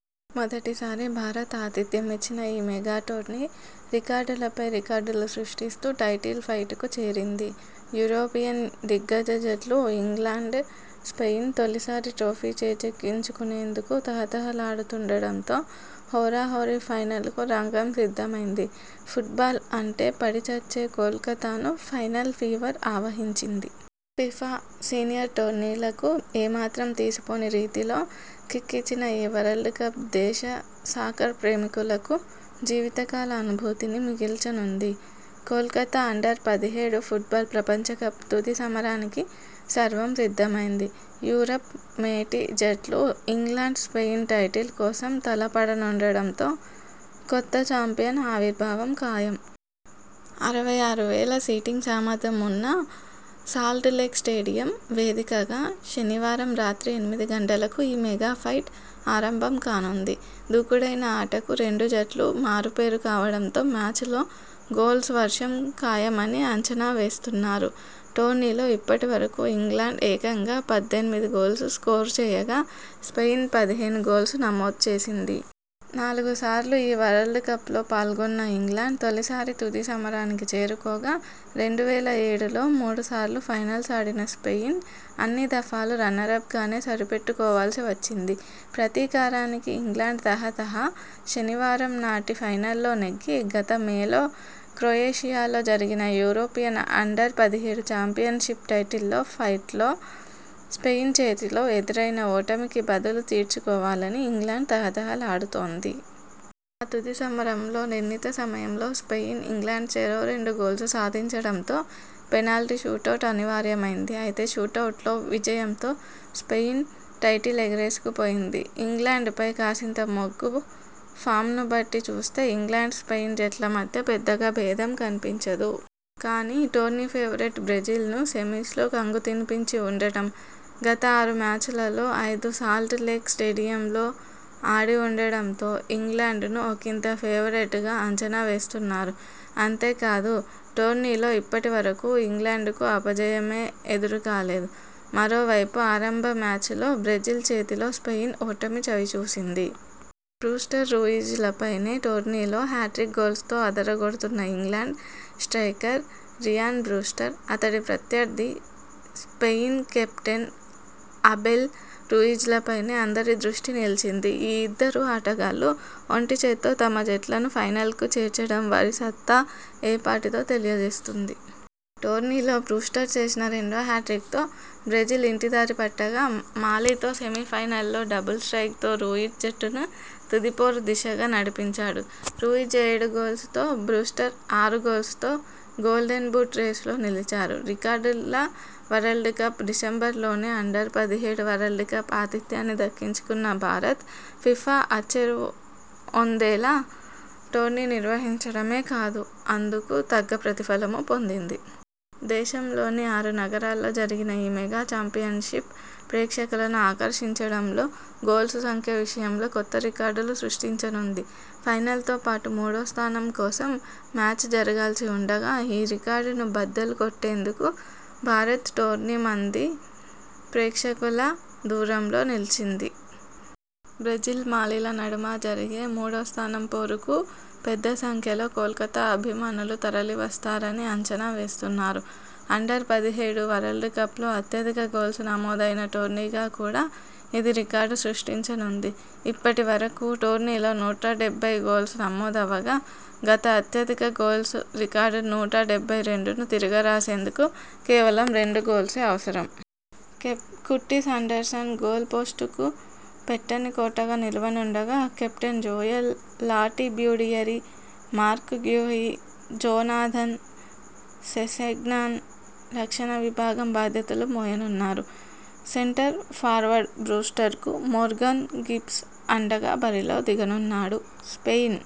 మొదటిసారి భారత్ ఆతిథ్యమిచ్చిన ఈ మెగా టోర్నీ రికార్డులపై రికార్డులు సృష్టిస్తూ టైటిల్ ఫైట్ కు చేరింది. యూరోపియన్ దిగ్గజ జట్లు ఇంగ్లండ్-స్పెయిన్ తొలిసారి ట్రోఫీ చేజక్కించుకొనేందుకు తహతహలాడుతుండడంతో హోరాహోరీ ఫైనల్ కు రంగం సిద్ధమైంది. ఫుట్ బాల్ అంటే పడి చచ్చే కోల్కతాను ఫైనల్ ఫీవర్ ఆవహించింది. ఫిఫా సీనియర్ టోర్నీలకు ఏమాత్రం తీసిపోని రీతిలో 'కిక్' ఇచ్చిన ఈ వరల్డ్ కప్ దేశ సాకర్ ప్రేమికులకు జీవితకాల అనుభూతిని మిగల్చనుంది. కోల్కతా అండర్ పదిహేడు ఫుట్ బాల్ ప్రపంచకప్ తుది సమరానికి సర్వం సిద్ధమైంది. యూరప్ మేటి జట్లు ఇంగ్లండ్-స్పెయిన్ టైటిల్ కోసం తలపడనుండడం తో కొత్త చాంపియన్ ఆవిర్భావం ఖాయం. అరవై ఆరు వేల సీటింగ్ సామర్థ్యం ఉన్న సాల్ట్ లేక్ స్టేడియం వేదికగా శనివారం రాత్రి ఎనిమిది గంటలకు ఈ మెగా ఫైట్ ఆరంభం కానుంది. దూకుడైన ఆటకు రెండు జట్లు మారుపేరు కావడంతో మ్యాచ్ లో గోల్స్ వర్షం ఖాయమని అంచనా వేస్తున్నారు. టోర్నీలో ఇప్పటివరకూ ఇంగ్లండ్ ఏకంగా పద్దెనిమిది గోల్స్ స్కోరు చేయగా, స్పెయిన్ పదిహేను గోల్స్ నమోదు చేసింది. నాలుగు సార్లు ఈ వరల్డ్ కప్ లో పాల్గొన్న ఇంగ్లండ్ తొలిసారి తుది సమరానికి చేరుకోగా, రెండు వేల ఏడులో మూడుసార్లు ఫైనల్స్ ఆడిన స్పెయిన్ అన్ని దఫాలు రన్నరప్ గానే సరిపెట్టుకోవాల్సి వచ్చింది. ప్రతీకారానికి ఇంగ్లండ్ తహతహ. శనివారంనాటి ఫైనల్లో నెగ్గి గత మేలో క్రొయేషియాలో జరిగిన యూరోపి యన్ అండర్ పదిహేడు చాంపియన్ షిప్ టైటిల్ ఫైట్లో స్పెయిన్ చేతిలో ఎదురైన ఓటమికి బదులు తీర్చుకోవాలని ఇంగ్లండ్ తహతహలాడుతోంది. ఆ తుది సమరంలో నిర్ణీత సమయంలో స్పెయిన్ ఇంగ్లండ్ చెరో రెండు గోల్స్ సాధించడంతో పెనాల్టీ షూటౌట్ అనివార్యమైంది. అయితే షూటౌట్ లో విజయంతో స్పెయిన్ టైటిల్ ఎగరేసుకుపోయింది. ఇంగ్లండ్ పై కాసింత మొగ్గు ఫామ్ ను బట్టి చూస్తే ఇంగ్లండ్ స్పెయిన్ జట్ల మధ్య పెద్దగా భేదం కనిపించదు. కానీ టోర్నీ ఫేవరెట్ బ్రెజిల్ ను సెమీస్ లో కంగుతినిపించి ఉండడం, గత ఆరు మ్యాచ్ లలో ఐదు సాల్ట్ లేక్ స్టేడియంలో ఆడివుండడంతో ఇంగ్లండ్ ను ఒకింత ఫేవరెట్ గా అంచనా వేస్తున్నారు. అంతేకాదు, టోర్నీలో ఇప్పటివరకూ ఇంగ్లండ్ కు అపజయమే ఎదురుకాలేదు. మరోవైపు ఆరంభ మ్యాచ్ లో బ్రెజిల్ చేతిలో స్పెయిన్ ఓటమి చవిచూసింది. బ్రూస్టర్ రూయిజ్ లపైనే టోర్నీలో హ్యాట్రిక్ గోల్స్ తో అదరగొడుతున్న ఇంగ్లండ్ స్ట్రయికర్ రియాన్ బ్రూస్టర్, అతడి ప్రత్యర్థి స్పెయిన్ కెప్టెన్ అబెల్ రూయిజ్ లపైనే అందరి దృష్టి నిలిచింది. ఈ ఇద్దరు ఆటగాళ్లు ఒంటిచేత్తో తమ జట్లను ఫైనల్కు చేర్చడం వారి సత్తా ఏపాటిదో తెలియజేస్తుంది. టోర్నీలో బ్రూస్టర్ చేసిన రెండో హ్యాట్రిక్ తో బ్రెజిల్ ఇంటిదారిపట్టగా మాలితో సెమీఫైనల్లో డబుల్ స్ర్టైక్ తో రూయిజ్ జట్టును తుది పోరు దిశగా నడిపించాడు. రూయిజ్ ఏడు గోల్స్ తో బ్రూస్టర్ ఆరు గోల్స్ తో 'గోల్డెన్ బూట్' రేస్ లో నిలిచారు. రికార్డుల వరల్డ్ కప్, డిసెంబరులోనే అండర్ పదిహేడు వరల్డ్ కప్ ఆతిథ్యాన్ని దక్కించుకున్న భారత్ ఫిఫా అచ్చెరువొందేలా టోర్నీ నిర్వహించడమే కాదు అందుకు తగ్గ ప్రతిఫలమూ పొందింది. దేశంలోని ఆరు నగరాల్లో జరిగిన ఈ మెగా చాంపియన్ షిప్ ప్రేక్షకులను ఆకర్షించడంలో, గోల్స్ సంఖ్య విషయంలో కొత్త రికార్డులు సృష్టించనుంది. ఫైనల్ తో పాటు మూడో స్థానం కోసం మ్యాచ్ జరగాల్సి ఉండగా, ఈ రికార్డును బద్దలు కొట్టేందుకు భారత్ టోర్నీ మంది ప్రేక్షకుల దూరంలో నిలిచింది. బ్రెజిల్ మాలిల నడుమ జరిగే మూడో స్థానం పోరుకూ పెద్దసంఖ్యలో కోల్కతా అభిమానులు తరలి వస్తారని అంచనా వేస్తున్నారు. అండర్ పదిహేడు వరల్డ్ కప్ లో అత్యధిక గోల్స్ నమోదైన టోర్నీగా కూడా ఇది రికార్డు సృష్టించనుంది. ఇప్పటివరకూ టోర్నీలో నూట డెబ్బై గోల్స్ నమోదవగా, గత అత్యధిక గోల్స్ రికార్డు నూట డెబ్బై రెండును తిరగ రాసేందుకు కేవలం రెండు గోల్సే అవసరం. కుర్టిస్ ఆండర్సన్ గోల్ పోస్టుకు పెట్టని కోటగా నిలువనుండగా captain Joel Latibeaudiere, Marc Guehi, Jonathan, Sessegnon రక్షణ విభాగం బాధ్యతలు మోయనున్నారు. సెంటర్ ఫార్వర్డ్ బ్రూస్టర్ కు మోర్గాన్ గిబ్స్ అండగా బరిలో దిగనున్నాడు. స్పెయిన్